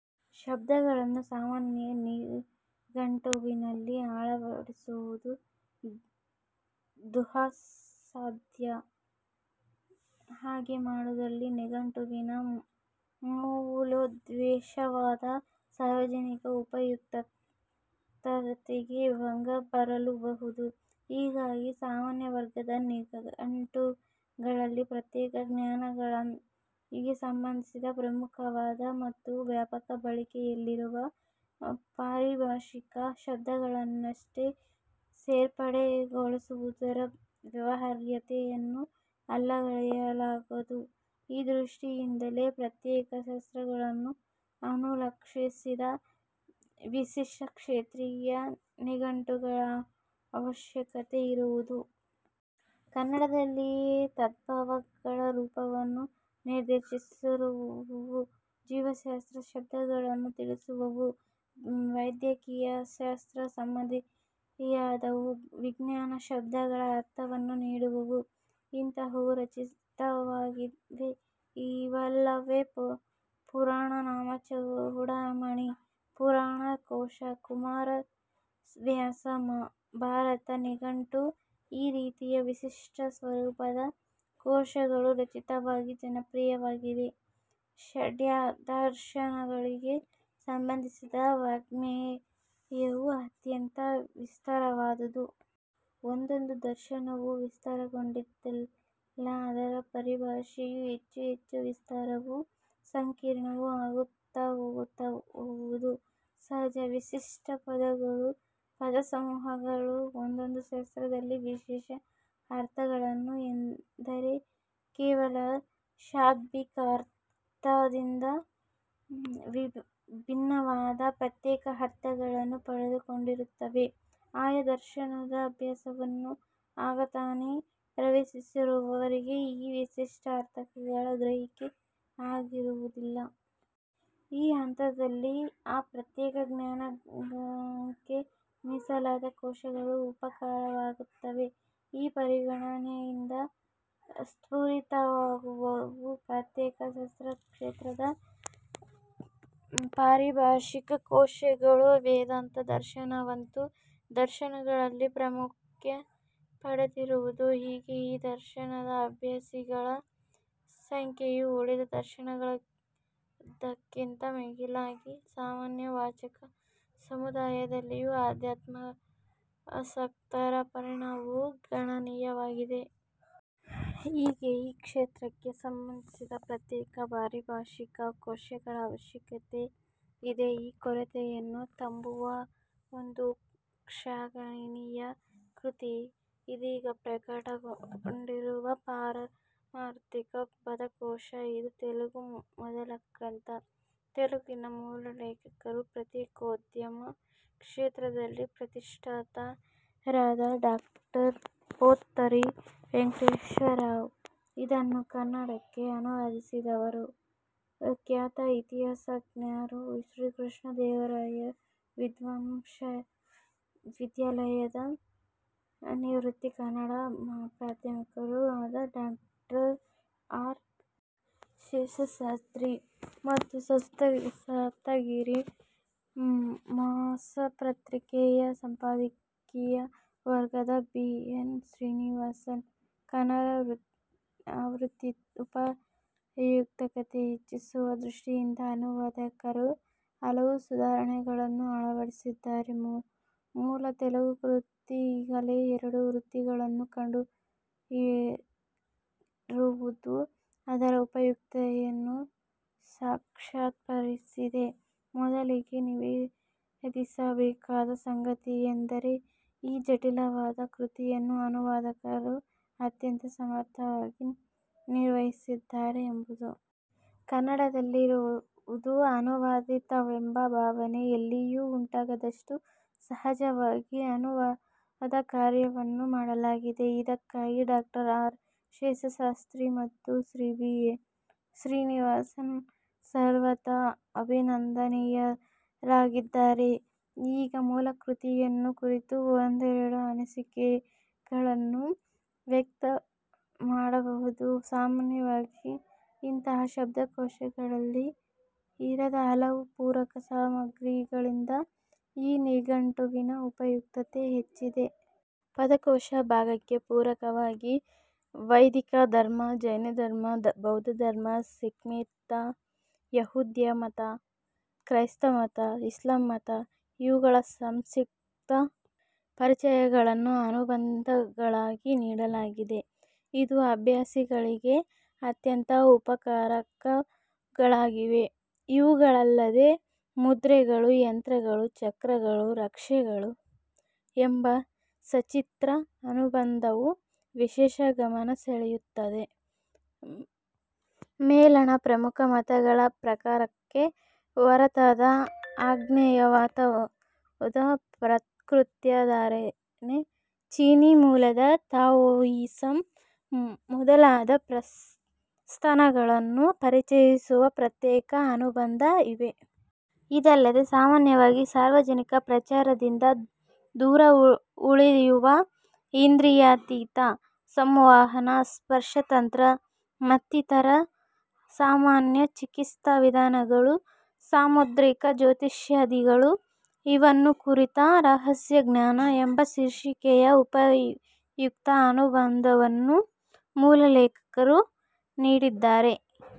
ಶಬ್ದಗಳನ್ನೂ ಸಾಮಾನ್ಯ ನಿಘಂಟುವಿನಲ್ಲಿ ಅಳವಡಿಸುವುದು ದುಃಸಾಧ್ಯ. ಹಾಗೆ ಮಾಡಿದಲ್ಲಿ ನಿಘಂಟುವಿನ ಮೂಲೋದ್ದೇಶವಾದ ಸಾರ್ವಜನಿಕ ಉಪಯುಕ್ತತೆಗೆ ಭಂಗ ಬರಲೂಬಹುದು. ಹೀಗಾಗಿ ಸಾಮಾನ್ಯವರ್ಗದ ನಿಘಂಟುಗಳಲ್ಲಿ ಪ್ರತ್ಯೇಕ ಜ್ಞಾನಾಂಗಗಳಿಗೆ ಸಂಬಂಧಿಸಿದ ಪ್ರಮುಖವಾದ ಮತ್ತು ವ್ಯಾಪಕ ಬಳಕೆಯಲ್ಲಿರುವ ಪಾರಿಭಾಷಿಕ ಶಬ್ದಗಳನ್ನಷ್ಟೆ ಸೇರ್ಪಡೆಗೊಳಿಸುವುದರ ವ್ಯವಹಾರ್ಯತೆಯನ್ನು ಅಲ್ಲಗಳೆಯಲಾಗದು. ಈ ದೃಷ್ಟಿಯಿಂದಲೇ ಪ್ರತ್ಯೇಕ ಶಾಸ್ತ್ರಗಳನ್ನು ಅನುಲಕ್ಷಿಸಿದ ವಿಶಿಷ್ಟ ಕ್ಷೇತ್ರೀಯ ನಿಘಂಟುಗಳ ಆವಶ್ಯಕತೆ ಇರುವುದು. ಕನ್ನಡದಲ್ಲಿಯೆ ತದ್ಭವಗಳ ರೂಪವನ್ನು ನಿರ್ದೇಶಿಸಿರುವವು, ಜೀವಶಾಸ್ತ್ರ ಶಬ್ದಗಳನ್ನು ತಿಳಿಸುವವು, ವೈದ್ಯಕೀಯಶಾಸ್ತ್ರ ಸಂಬಂಧಿಯಾದವು, ವಿಜ್ಞಾನಶಬ್ದಗಳ ಅರ್ಥವನ್ನು ನೀಡುವವು – ಇಂತಹವು ರಚಿತವಾಗಿವೆ. ಇವಲ್ಲದೆ ಪುರಾಣನಾಮಚೂಡಾಮಣಿ, ಪುರಾಣಕೋಶ, ಕುಮಾರವ್ಯಾಸ ಭಾರತ ನಿಘಂಟು – ಈ ರೀತಿಯ ವಿಶಿಷ್ಟಸ್ವರೂಪದ ಕೋಶಗಳೂ ರಚಿತವಾಗಿ ಜನಪ್ರಿಯವಾಗಿವೆ. ಷಡ್ದರ್ಶನಗಳಿಗೆ ಸಂಬಂಧಿಸಿದ ವಾಙ್ಮಯವು ಅತ್ಯಂತ ವಿಸ್ತಾರವಾದುದು. ಒಂದೊಂದು ದರ್ಶನವೂ ವಿಸ್ತಾರಗೊಂಡಂತೆಲ್ಲ ಅದರ ಪರಿಭಾಷೆಯೂ ಹೆಚ್ಚುಹೆಚ್ಚು ವಿಸ್ತಾರವೂ ಸಂಕೀರ್ಣವೂ ಆಗುತ್ತಹೋಗುವುದು ಸಹಜ. ವಿಶಿಷ್ಟ ಪದಗಳೂ ಪದಸಮೂಹಗಳೂ ಒಂದೊಂದು ಶಾಸ್ತ್ರದಲ್ಲಿ ವಿಶೇಷ ಅರ್ಥಗಳನ್ನು – ಎಂದರೆ ಕೇವಲ ಶಾಬ್ದಿಕಾರ್ಥದಿಂದ ಭಿನ್ನವಾದ ಪ್ರತ್ಯೇಕ ಅರ್ಥಗಳನ್ನು – ಪಡೆದುಕೊಂಡಿರುತ್ತವೆ. ಆಯಾ ದರ್ಶನದ ಅಭ್ಯಾಸವನ್ನು ಆಗತಾನೇ ಪ್ರವೇಶಿಸಿರುವವರಿಗೆ ಈ ವಿಶಿಷ್ಟಾರ್ಥಗಳ ಗ್ರಹಿಕೆ ಆಗಿರುವುದಿಲ್ಲ. ಈ ಹಂತದಲ್ಲಿ ಆ ಪ್ರತ್ಯೇಕ ಜ್ಞಾನಾಂಗಕ್ಕೇ ಮೀಸಲಾದ ಕೋಶಗಳು ಉಪಕಾರಕವಾಗುತ್ತವೆ. ಈ ಪರಿಗಣನೆಯಿಂದ ಸ್ಫುರಿತವಾಗುವವು ಪ್ರತ್ಯೇಕ ಶಾಸ್ತ್ರಕ್ಷೇತ್ರದ ಪಾರಿಭಾಷಿಕ ಕೋಶಗಳು. ವೇದಾಂತ ದರ್ಶನವಂತೂ ದರ್ಶನಗಳಲ್ಲಿ ಪ್ರಾಮುಖ್ಯ ಪಡೆದಿರುವುದು. ಹೀಗೆ ಈ ದರ್ಶನದ ಅಭ್ಯಾಸಿಗಳ ಸಂಖ್ಯೆಯು ಉಳಿದ ದರ್ಶನಗಳದ್ದಕ್ಕಿಂತ ಮಿಗಿಲಾಗಿದೆ. ಸಾಮಾನ್ಯ ವಾಚಕ ಸಮುದಾಯದಲ್ಲಿಯೂ ಅಧ್ಯಾತ್ಮಾಸಕ್ತರ ಪರಿಮಾಣವು ಗಣನೀಯವಾಗಿದೆ. ಹೀಗೆ ಈ ಕ್ಷೇತ್ರಕ್ಕೇ ಸಂಬಂಧಿಸಿದ ಪ್ರತ್ಯೇಕ ಪಾರಿಭಾಷಿಕ ಕೋಶಗಳ ಆವಶ್ಯಕತೆ ಇದೆ. ಈ ಕೊರತೆಯನ್ನು ತುಂಬುವ ಒಂದು ಶ್ಲಾಘನೀಯ ಕೃತಿ ಇದೀಗ ಪ್ರಕಟಗೊಂಡಿರುವ 'ಪಾರಮಾರ್ಥಿಕ ಪದಕೋಶ'. ಇದು ತೆಲುಗು ಮೂಲದ ಗ್ರಂಥ. ತೆಲುಗಿನ ಮೂಲಲೇಖಕರು ಪತ್ರಿಕೋದ್ಯಮ ಕ್ಷೇತ್ರದಲ್ಲಿ ಪ್ರತಿಷ್ಠಿತರಾದ ಡಾ ಪೊತ್ತೂರಿ ವೆಂಕಟೇಶ್ವರರಾವು. ಇದನ್ನು ಕನ್ನಡಕ್ಕೆ ಅನುವಾದಿಸಿರುವವರು ಖ್ಯಾತ ಇತಿಹಾಸಜ್ಞರೂ ಶ್ರೀಕೃಷ್ಣದೇವರಾಯ ವಿಶ್ವವಿದ್ಯಾಲಯದ ನಿವೃತ್ತ ಕನ್ನಡ ಪ್ರಾಧ್ಯಾಪಕರೂ ಆದ ಡಾ ಆರ್. ಶೇಷಶಾಸ್ತ್ರೀ ಮತ್ತು 'ಸಪ್ತಗಿರಿ' ಮಾಸಪತ್ರಿಕೆಯ ಸಂಪಾದಕೀಯ ವರ್ಗದ ಶ್ರೀ ಬಿ. ಎನ್. ಶ್ರೀನಿವಾಸನ್. ಕನ್ನಡ ಆವೃತ್ತಿಯ ಉಪಯುಕ್ತತೆಯನ್ನು ಹೆಚ್ಚಿಸುವ ದೃಷ್ಟಿಯಿಂದ ಅನುವಾದಕರು ಹಲವು ಸುಧಾರಣೆಗಳನ್ನು ಅಳವಡಿಸಿದ್ದಾರೆ. ಮೂಲ ತೆಲುಗು ಕೃತಿ ಈಗಾಗಲೇ ಎರಡು ಆವೃತ್ತಿಗಳನ್ನು ಕಂಡಿರುವುದು ಅದರ ಉಪಯುಕ್ತತೆಯನ್ನು ಸಾಕ್ಷ್ಯಪಡಿಸಿದೆ. ಮೊದಲಿಗೇ ನಿವೇದಿಸಬೇಕಾದ ಸಂಗತಿಯೆಂದರೆ ಈ ಜಟಿಲವಾದ ಕೃತಿಯನ್ನು ಅನುವಾದಕರು ಅತ್ಯಂತ ಸಮರ್ಥವಾಗಿ ನಿರ್ವಹಿಸಿದ್ದಾರೆ ಎಂಬುದು. ಕನ್ನಡದಲ್ಲಿರುವುದು ಅನುವಾದಿತವೆಂಬ ಭಾವನೆ ಎಲ್ಲಿಯೂ ಉಂಟಾಗದಷ್ಟು ಸಹಜವಾಗಿ ಅನುವಾದಕಾರ್ಯವನ್ನು ಮಾಡಲಾಗಿದೆ. ಇದಕ್ಕಾಗಿ ಡಾ ಆರ್. ಶೇಷಶಾಸ್ತ್ರೀ ಮತ್ತು ಶ್ರೀ ಬಿ. ಎನ್. ಶ್ರೀನಿವಾಸನ್ ಸರ್ವಥಾ ಅಭಿನಂದನೀಯರಾಗಿದ್ದಾರೆ. ಈಗ ಮೂಲಕೃತಿಯನ್ನು ಕುರಿತು ಒಂದೆರಡು ಅನಿಸಿಕೆಗಳನ್ನು ವ್ಯಕ್ತಮಾಡಬಹುದು. ಸಾಮಾನ್ಯವಾಗಿ ಇಂತಹ ಶಬ್ದಕೋಶಗಳಲ್ಲಿ ಇರದ ಹಲವು ಪೂರಕ ಸಾಮಗ್ರಿಗಳಿಂದ ಈ ನಿಘಂಟುವಿನ ಉಪಯುಕ್ತತೆ ಹೆಚ್ಚಿದೆ. ಪದಕೋಶ ಭಾಗಕ್ಕೆ ಪೂರಕವಾಗಿ ವೈದಿಕಧರ್ಮ, ಜೈನಧರ್ಮ, ಬೌದ್ಧಧರ್ಮ, ಸಿಖ್ಮತ, ಯಹೂದ್ಯಮತ, ಕ್ರೈಸ್ತಮತ, ಇಸ್ಲಾಂಮತ – ಇವುಗಳ ಸಂಕ್ಷಿಪ್ತ ಪರಿಚಯಗಳನ್ನು ಅನುಬಂಧಗಳಾಗಿ ನೀಡಲಾಗಿದೆ. ಇದು ಅಭ್ಯಾಸಿಗಳಿಗೆ ಅತ್ಯಂತ ಉಪಕಾರಕಗಳಾಗಿವೆ. ಇವುಗಳಲ್ಲದೆ 'ಮುದ್ರೆಗಳು, ಯಂತ್ರಗಳು, ಚಕ್ರಗಳು, ರಕ್ಷೆಗಳು' ಎಂಬ ಸಚಿತ್ರ ಅನುಬಂಧವು ವಿಶೇಷ ಗಮನ ಸೆಳೆಯುತ್ತದೆ. ಮೇಲಣ ಪ್ರಮುಖ ಮತಗಳ ಪ್ರಾಕಾರಕ್ಕೆ ಹೊರತಾದ ಅಜ್ಞೇಯತಾವಾದ, ಪ್ರಕೃತ್ಯಾರಾಧನೆ, ಚೀನೀ ಮೂಲದ ತಾವೋಯಿಸಂ ಮೊದಲಾದ ಪ್ರಸ್ಥಾನಗಳನ್ನು ಪರಿಚಯಿಸುವ ಪ್ರತ್ಯೇಕ ಅನುಬಂಧ ಇದೆ. ಇದಲ್ಲದೆ ಸಾಮಾನ್ಯವಾಗಿ ಸಾರ್ವಜನಿಕ ಪ್ರಚಾರದಿಂದ ದೂರ ಉಳಿಯುವ ಇಂದ್ರಿಯಾತೀತ ಸಂವಹನ, ಸ್ಪರ್ಶತಂತ್ರ ಮತ್ತಿತರ ಅಸಾಮಾನ್ಯ ಚಿಕಿತ್ಸಾವಿಧಾನಗಳು, ಸಾಮುದ್ರಿಕ ಜ್ಯೌತಿಷಾದಿಗಳು – ಇವನ್ನು ಕುರಿತ 'ರಹಸ್ಯ ಜ್ಞಾನ' ಎಂಬ ಶೀರ್ಷಿಕೆಯ ಉಪಯುಕ್ತ ಅನುಬಂಧವನ್ನೂ ಮೂಲಲೇಖಕರು ನೀಡಿದ್ದಾರೆ.